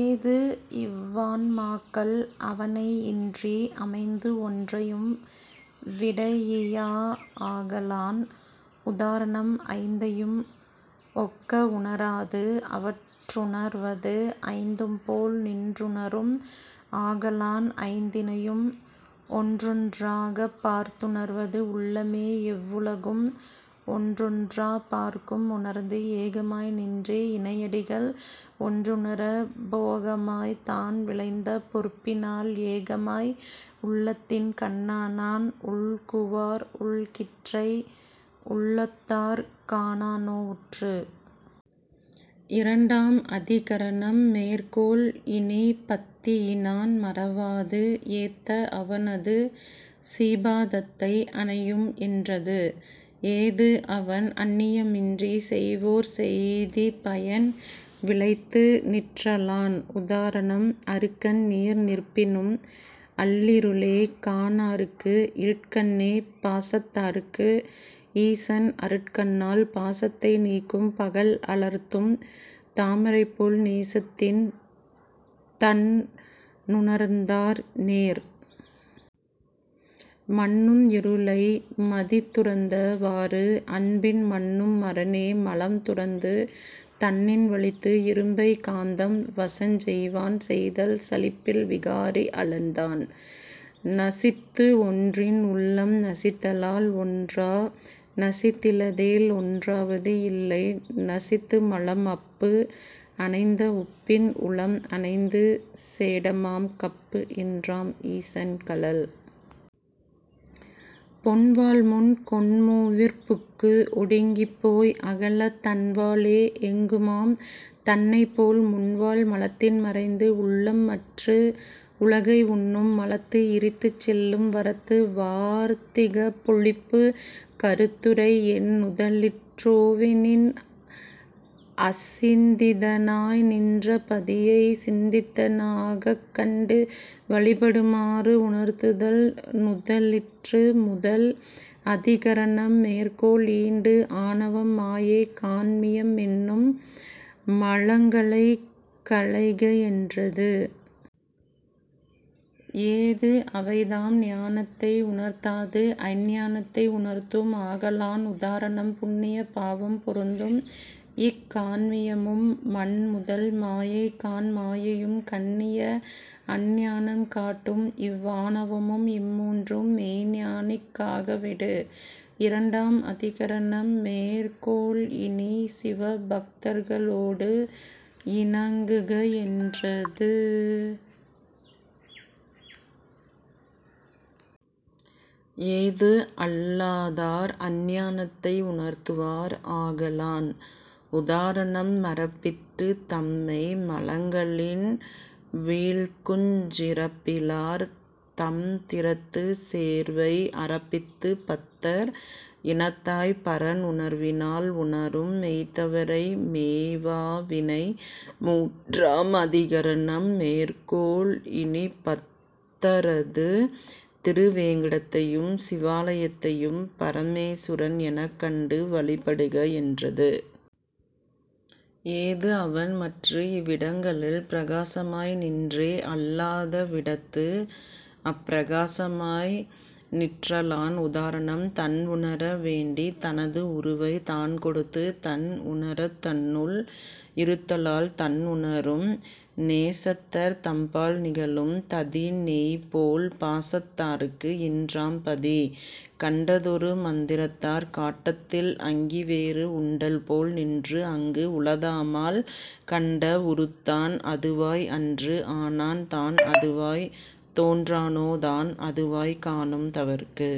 ஏது இவ்வான்மாக்கள் அவனையின்றி அமைந்து ஒன்றையும் விடயியா ஆகலான் உதாரணம் ஐந்தையும் ஒக்க உணராது அவற்றுணர்வது ஐந்தும்போல் நின்றுணரும் ஆகலான் ஐந்தினையும் ஒன்றொன்றாப் பார்த்துணர்வது உள்ளமே எவ்வுலகும் ஒன்றொன்றாப் பார்க்கும் உணர்ந்து. ஏகமாய் நின்றே இணையடிகள் ஒன்றுணரப் போகமாய்த் தான் விளைந்த பொற்பினால் ஏகமாய் உள்ளத்தின் கண்ணானான் உள்குவார் உள்கிற்றை உள்ளத்தாற் காணானோ உற்று. இரண்டாம் அதிகரணம் மேற்கோள் இனிப் பத்தியினான் மறவாது ஏத்த அவனது சீபாதத்தை அணையும் என்றது. ஏது அவன் அன்னியமின்றிச் செய்வோர் செய்திப்பயன் விளைத்து நிற்றலான். உதாரணம் அருக்கன் நேர் நிற்பினும் அல்லிருளே காணார்க்கு இருட்கண்ணே பாசத்தார்க்கு ஈசன் அருட்கண்ணால் பாசத்தை நீக்கும் பகல் அலர்த்தும் தாமரைபோல் நேசத்தின் தன்னுணுர்ந்தார் நேர். மன்னும் இருளை மதிதுரந்த வாறு அன்பின் மன்னும் அரனே மலம் துரந்து தன்னின் வலித்து இரும்பைக் காந்தம் வசஞ்செய்வான் செய்தல் சலிப்பில் விகாரி அலன் தான். நசித்து ஒன்றின் உள்ளம் நசித்தலால் ஒன்றா நசித்திலதேல் ஒன்றாவது இல்லை நசித்துமலம் அப்பு அணைந்த உப்பின் உளம் அணைந்து சேடமாம் கப்பு இன்றாம் ஈசன் கழல். பொன்வாள்முன் கொண்மூவிற் புக்கு ஒடுங்கிப்போய் அகலத் தன்வாளே எங்குமாம் தன்மைபோல் முன்வாள் மலத்தின் மறைந்து உள்ளம் மற்று உலகை உண்ணும் மலத்து இரித்துச் செல்லும் வரத்து. வார்த்திகப் பொழிப்பு கருத்துரை: என் நுதலிற்றோ வெனின், அசிந்திதனாய் நின்ற பதியைச் சிந்திதனாகக் கண்டு வழிபடுமாறுஉணர்த்துதல் நுதலிற்று. முதல் அதிகரணம் மேற்கோள் ஈண்டு ஆணவம் மாயை கான்மியம் எனும் மலங்களைக் களைக என்றது. ஏது அவைதாம் ஞானத்தை உணர்த்தாது அஞ்ஞானத்தை உணர்த்தும் ஆகலான். உதாரணம்: புண்ணிய பாவம் பொருந்தும் இக் கான்மியமும் மண்முதல் மாயைகாண் மாயையும் கண்ணிய அஞ்ஞானம் காட்டும் இவ் ஆணவமும் இம் மூன்றும் மெய்ஞ்ஞானிக் காகா விடு. இரண்டாம் அதிகரணம் மேற்கோள் இனிச் சிவபத்தர்களோடு இணங்குக என்றது. ஏது அல்லாதார் அஞ்ஞானத்தை உணர்த்துவார் ஆகலான். உதாரணம் மறப்பித்துத் தம்மை மலங்களின் வீழ்க்குஞ் சிறப்பிலார் தம்திறத்துச் சேர்வை அறப்பித்துப் பத்தர் இனத்தாய்ப் பரன் உணர்வினால் உணரும் மெய்த்தவரை மேவா வினை. மூன்றாம் அதிகரணம் மேற்கோள் இனிப் பத்தரது திருவேடத்தையும் சிவாலயத்தையும் பரமேசுரன் எனக் கண்டு வழிபடுக என்றது. ஏது அவன் மற்று இவ்விடங்களில் பிரகாசமாய் நின்றே அல்லாத விடத்து அப்பிரகாசமாய் நிற்றலான். உதாரணம் தன்உணர வேண்டித் தனது உருவைத் தான்கொடுத்து தன் உணரத் தன்னுள் இருத்தலால் தன் உணரும் நேசத்தர் தம்பால் நிகழும் ததிநெய்போல் பாசத்தார்க்கு இன்றாம் பதி. கண்டதொரு மந்திரத்தாற் காட்டத்தில் அங்கிவேறு உண்டல்போல் நின்று அங்கு உளதாமால் கண்ட உருத் தான் அதுவாய் அன்று ஆனான் தான் அதுவாய்த் தோன்றானோ தான் அதுவாய்க் காணும் தவர்க்கு.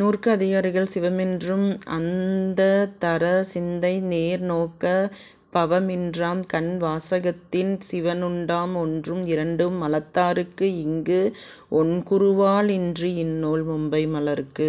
நூற்கு அதிகாரிகள் சிவமென்றும் அந்ததர சிந்தைநேர் நோக்கப் பவமின்றாம் கண் வாசகத்தின் சிவன் உண்டாம் ஒன்றும் இரண்டும் மலத்தார்க்கு இங்கு ஒண்குருவால் இன்று இந்நூல் மும்மை மலர்க்கு